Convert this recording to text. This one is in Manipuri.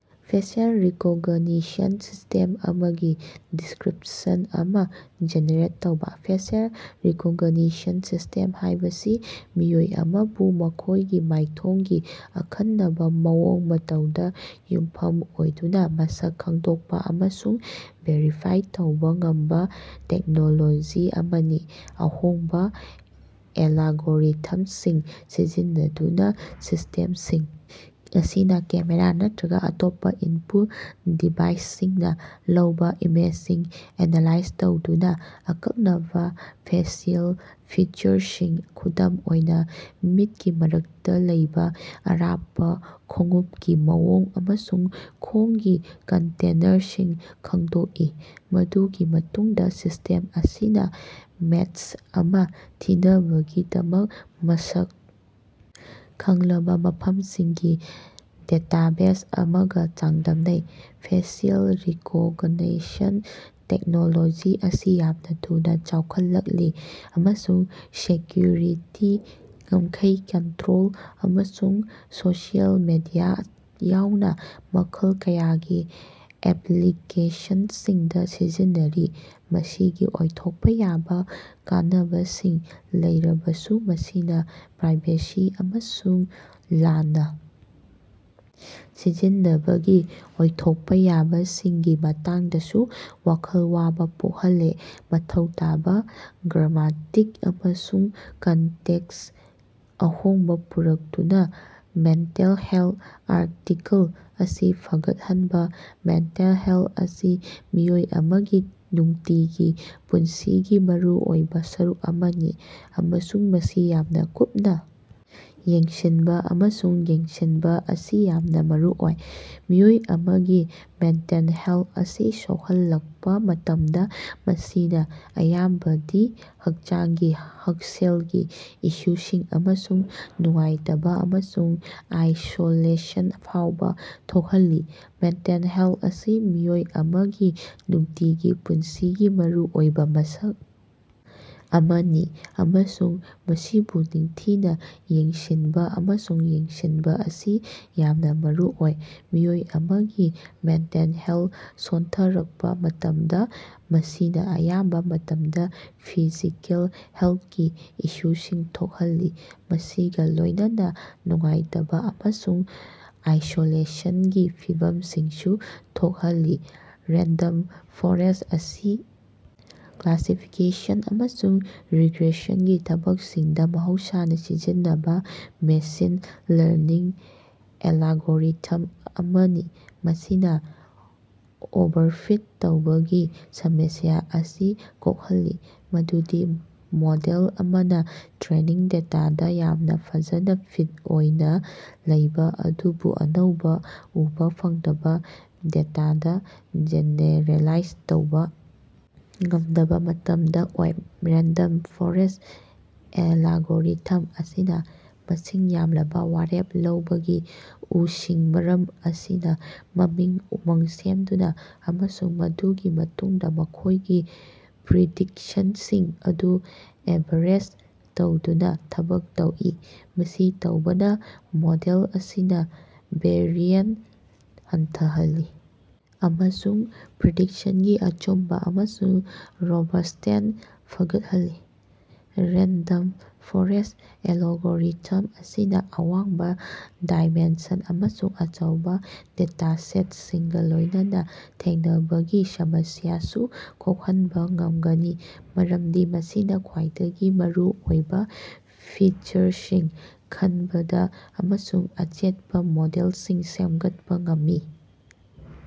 ꯐꯦꯁꯤꯑꯦꯜ ꯔꯤꯀꯣꯒꯅꯤꯁꯟ ꯁꯤꯁ꯭ꯇꯦꯝ ꯑꯃꯒꯤ ꯗꯤꯁ꯭ꯀꯔꯤꯄꯁꯟ ꯑꯃ ꯖꯦꯅꯦꯔꯦꯠ ꯇꯧꯕ꯫ ꯐꯦꯁꯤꯑꯦꯜ ꯔꯤꯀꯒꯅꯤꯁꯟ ꯁꯤꯁ꯭ꯇꯦꯝ ꯍꯥꯏꯕꯁꯤ ꯃꯤꯑꯣꯏ ꯑꯃꯕꯨ ꯃꯈꯣꯏꯒꯤ ꯃꯥꯏꯊꯣꯡꯒꯤ ꯑꯈꯟꯅꯕ ꯃꯑꯣꯡ ꯃꯇꯧꯗ ꯌꯨꯝꯐꯝ ꯑꯣꯏꯗꯨꯅ ꯃꯁꯛ ꯈꯪꯗꯣꯛꯄ ꯑꯃꯁꯨꯡ ꯚꯦꯔꯤꯐꯥꯏ ꯇꯧꯕ ꯉꯝꯕ ꯇꯦꯛꯅꯣꯂꯣꯖꯤ ꯑꯃꯅꯤ꯫ ꯑꯍꯣꯡꯕ ꯑꯦꯂꯒꯣꯔꯤꯊꯃꯁꯤꯡ ꯁꯤꯖꯤꯟꯅꯗꯨꯅ ꯁꯤꯁ꯭ꯇꯦꯝꯁꯤꯡ ꯑꯁꯤꯅ ꯀꯦꯃꯦꯔꯥ ꯅꯠꯇ꯭ꯔꯒ ꯑꯇꯣꯞꯄ ꯏꯅꯄꯨꯠ ꯗꯤꯚꯥꯏꯁꯁꯤꯡꯅ ꯂꯧꯕ ꯏꯃꯦꯖꯁꯤꯡ ꯑꯦꯅꯥꯂꯥꯏꯖ ꯇꯧꯗꯨꯅ ꯑꯀꯛꯅꯕ ꯐꯦꯁꯤꯑꯦꯜ ꯐꯤꯆꯔꯁꯤꯡ, ꯈꯨꯗꯝ ꯑꯣꯏꯅ ꯃꯤꯠꯀꯤ ꯃꯔꯛꯇ ꯂꯩꯕ ꯑꯔꯥꯞꯄ ꯈꯣꯡꯎꯄꯀꯤ ꯃꯑꯣꯡ ꯑꯃꯁꯨꯡ ꯈꯣꯡꯒꯤ ꯀꯟꯇꯦꯅꯔꯁꯤꯡ ꯈꯪꯗꯣꯛꯏ꯫ ꯃꯗꯨꯒꯤ ꯃꯇꯨꯡꯗ ꯁꯤꯁ꯭ꯇꯦꯝ ꯑꯁꯤꯅ ꯃꯦꯆ ꯑꯃ ꯊꯤꯅꯕꯒꯤꯗꯃꯛ ꯃꯁꯛ ꯈꯪꯂꯕ ꯃꯐꯝꯁꯤꯡꯒꯤ ꯗꯦꯇꯥꯕꯦꯖ ꯑꯃꯒ ꯆꯥꯡꯗꯝꯅꯩ꯫ ꯐꯦꯁꯤꯑꯦꯜ ꯔꯤꯀꯣꯒꯅꯤꯁꯟ ꯇꯦꯛꯅꯣꯂꯣꯖꯤ ꯑꯁꯤ ꯌꯥꯝꯅ ꯊꯨꯅ ꯆꯥꯎꯈꯠꯂꯛꯂꯤ ꯑꯃꯁꯨꯡ ꯁꯦꯀ꯭ꯌꯨꯔꯤꯇꯤ, ꯉꯝꯈꯩ ꯀꯟꯇꯔꯣꯜ, ꯑꯃꯁꯨꯡ ꯁꯣꯁꯤꯑꯦꯜ ꯃꯦꯗꯤꯌꯥ ꯌꯥꯎꯅ ꯃꯈꯜ ꯀꯌꯥꯒꯤ ꯑꯦꯞꯂꯤꯀꯦꯁꯟꯁꯤꯡꯗ ꯁꯤꯖꯤꯟꯅꯔꯤ꯫ ꯃꯁꯤꯒꯤ ꯑꯣꯏꯊꯣꯛꯄ ꯌꯥꯕ ꯀꯥꯟꯅꯕꯁꯤꯡ ꯂꯩꯔꯕꯁꯨ ꯃꯁꯤꯅ ꯄ꯭ꯔꯥꯏꯚꯦꯁꯤ ꯑꯃꯁꯨꯡ ꯂꯥꯟꯅ ꯁꯤꯖꯤꯟꯅꯕꯒꯤ ꯑꯣꯏꯊꯣꯛꯄ ꯌꯥꯕꯁꯤꯡꯒꯤ ꯃꯇꯥꯡꯗꯁꯨ ꯋꯥꯈꯜ ꯋꯥꯕ ꯄꯣꯛꯍꯜꯂꯦ꯫ ꯃꯊꯧ ꯇꯥꯕ ꯒ꯭ꯔꯥꯃꯇꯤꯛ ꯑꯃꯁꯨꯡ ꯀꯟꯇꯦꯛꯁꯇ ꯑꯍꯣꯡꯕ ꯄꯨꯔꯛꯇꯨꯅ ꯃꯦꯟꯇꯦꯜ ꯍꯦꯜꯊ ꯑꯥꯔꯇꯤꯀꯜ ꯑꯁꯤ ꯐꯒꯠꯍꯟꯕ꯫ ꯃꯦꯟꯇꯦꯜ ꯍꯦꯜꯊ ꯑꯁꯤ ꯃꯤꯑꯣꯏ ꯑꯃꯒꯤ ꯅꯨꯡꯇꯤꯒꯤ ꯄꯨꯟꯁꯤꯒꯤ ꯃꯔꯨꯑꯣꯏꯕ ꯁꯔꯨꯛ ꯑꯃꯅꯤ꯫ ꯑꯃꯁꯨꯡ ꯃꯁꯤ ꯌꯥꯝꯅ ꯀꯨꯞꯅ ꯌꯦꯡꯁꯤꯟꯕ ꯑꯃꯁꯨꯡ ꯌꯦꯡꯁꯤꯟꯕ ꯑꯁꯤ ꯌꯥꯝꯅ ꯃꯔꯨꯑꯣꯏ꯫ ꯃꯤꯑꯣꯏ ꯑꯃꯒꯤ ꯃꯦꯟꯇꯦꯜ ꯍꯦꯂꯊ ꯑꯁꯤ ꯁꯣꯛꯍꯜꯂꯛꯄ ꯃꯇꯝꯗ ꯃꯁꯤꯅ ꯑꯌꯥꯝꯕꯗꯤ ꯍꯛꯆꯥꯡꯒꯤ ꯍꯛꯁꯦꯜꯒꯤ ꯏꯁꯨꯁꯤꯡ ꯑꯃꯁꯨꯡ ꯅꯨꯡꯉꯥꯏꯇꯕ ꯑꯃꯁꯨꯡ ꯑꯥꯏꯁꯣꯂꯦꯁꯟ ꯐꯥꯎꯕ ꯊꯣꯛꯍꯜꯂꯤ꯫ ꯃꯦꯟꯇꯦꯜ ꯍꯦꯜꯊ ꯑꯁꯤ ꯃꯤꯑꯣꯏ ꯑꯃꯒꯤ ꯅꯨꯡꯇꯤꯒꯤ ꯄꯨꯟꯁꯤꯒꯤ ꯃꯔꯨꯑꯣꯏꯕ ꯃꯁꯛ ꯑꯃꯅꯤ ꯑꯃꯁꯨꯡ ꯃꯁꯤꯕꯨ ꯅꯤꯡꯊꯤꯅ ꯌꯦꯡꯁꯤꯟꯕ ꯑꯃꯁꯨꯡ ꯌꯦꯡꯁꯤꯟꯕ ꯑꯁꯤ ꯌꯥꯝꯅ ꯃꯔꯨꯑꯣꯏ꯫ ꯃꯤꯑꯣꯏ ꯑꯃꯒꯤ ꯃꯦꯟꯇꯦꯜ ꯍꯦꯂꯊ ꯁꯣꯟꯊꯔꯛꯄ ꯃꯇꯝꯗ, ꯃꯁꯤꯅ ꯑꯌꯥꯝꯕ ꯃꯇꯝꯗ ꯐꯤꯖꯤꯀꯦꯜ ꯍꯦꯂꯊꯀꯤ ꯏꯁꯨꯁꯤꯡ ꯊꯣꯛꯍꯜꯂꯤ꯫ ꯃꯁꯤꯒ ꯂꯣꯏꯅꯅ ꯅꯨꯡꯉꯥꯏꯇꯕ ꯑꯃꯁꯨꯡ ꯑꯥꯏꯁꯣꯂꯦꯁꯟꯒꯤ ꯐꯤꯚꯝꯁꯤꯡꯁꯨ ꯊꯣꯛꯍꯜꯂꯤ꯫ ꯔꯦꯟꯗꯝ ꯐꯣꯔꯦꯁ꯭ꯠ ꯑꯁꯤ ꯀ꯭ꯂꯥꯁꯤꯐꯤꯀꯦꯁꯟ ꯑꯃꯁꯨꯡ ꯔꯤꯒ꯭ꯔꯦꯁꯟꯒꯤ ꯊꯕꯛꯁꯤꯡꯗ ꯃꯍꯧꯁꯥꯅ ꯁꯤꯖꯤꯟꯅꯕ ꯃꯦꯁꯤꯟ ꯂꯔꯅꯤꯡ ꯑꯦꯂꯒꯣꯔꯤꯊꯝ ꯑꯃꯅꯤ꯫ ꯃꯁꯤꯅ ꯑꯣꯚꯔꯐꯤꯠ ꯇꯧꯕꯒꯤ ꯁꯃꯁ꯭ꯌꯥ ꯑꯁꯤ ꯀꯣꯛꯍꯜꯂꯤ꯫ ꯃꯗꯨꯗꯤ ꯃꯣꯗꯦꯜ ꯑꯃꯅ ꯇ꯭ꯔꯦꯅꯤꯡ ꯗꯦꯇꯥꯗꯥ ꯌꯥꯝꯅ ꯐꯖꯅ ꯐꯤꯠ ꯑꯣꯏꯅ ꯂꯩꯕꯥ ꯑꯗꯨꯕꯨ ꯑꯅꯧꯕ, ꯎꯕ ꯐꯪꯗꯕ ꯗꯦꯇꯥꯗ ꯖꯦꯅꯦꯔꯦꯂꯥꯏꯖ ꯇꯧꯕ ꯉꯝꯗꯕ ꯃꯇꯝꯗ ꯑꯣꯏ꯫ ꯔꯦꯟꯗꯝ ꯐꯣꯔꯦꯁ꯭ꯠ ꯑꯦꯂꯒꯣꯔꯤꯊꯝ ꯑꯁꯤꯅ ꯃꯁꯤꯡ ꯌꯥꯝꯂꯕ ꯋꯥꯔꯦꯞ ꯂꯧꯕꯒꯤ ꯎꯁꯤꯡ ꯃꯔꯝ ꯑꯁꯤꯅ ꯃꯃꯤꯡ, ꯎꯃꯪ ꯁꯦꯝꯗꯨꯅ ꯑꯃꯁꯨꯡ ꯃꯗꯨꯒꯤ ꯃꯇꯨꯡꯗ ꯃꯈꯣꯏꯒꯤ ꯄ꯭ꯔꯤꯗꯤꯛꯁꯟꯁꯤꯡ ꯑꯗꯨ ꯑꯦꯚꯥꯔꯦꯖ ꯇꯧꯗꯨꯅ ꯊꯕꯛ ꯇꯧꯏ꯫ ꯃꯁꯤ ꯇꯧꯕꯅ ꯃꯣꯗꯦꯜ ꯑꯁꯤꯅ ꯚꯦꯔꯤꯑꯦꯟꯁ ꯍꯟꯊꯍꯜꯂꯤ ꯑꯃꯁꯨꯡ ꯄ꯭ꯔꯤꯗꯤꯛꯁꯟꯒꯤ ꯑꯆꯨꯝꯕ ꯑꯃꯁꯨꯡ ꯔꯣꯕꯁ꯭ꯇꯦꯟꯁ ꯐꯒꯠꯍꯜꯂꯤ꯫ ꯔꯦꯟꯗꯝ ꯐꯣꯔꯦꯁ꯭ꯠ ꯑꯦꯂꯒꯣꯔꯤꯊꯝ ꯑꯁꯤꯅ ꯑꯋꯥꯡꯕ ꯗꯥꯏꯃꯦꯟꯁꯟ ꯑꯃꯁꯨꯡ ꯑꯆꯧꯕ ꯗꯦꯇꯥꯁꯦꯠꯁꯤꯡꯒ ꯂꯣꯏꯅꯅ ꯊꯦꯡꯅꯕꯒꯤ ꯁꯃꯁ꯭ꯌꯥꯁꯨ ꯀꯣꯛꯍꯟꯕ ꯉꯝꯒꯅꯤ꯫ ꯃꯔꯝꯗꯤ ꯃꯁꯤꯅ ꯈ꯭ꯋꯥꯏꯗꯒꯤ ꯃꯔꯨꯑꯣꯏꯕ ꯐꯤꯆꯔꯁꯤꯡ ꯈꯟꯕꯗ ꯑꯃꯁꯨꯡ ꯑꯆꯦꯠꯄ ꯃꯣꯗꯦꯜꯁꯤꯡ ꯁꯦꯝꯒꯠꯄ ꯉꯝꯃꯤ꯫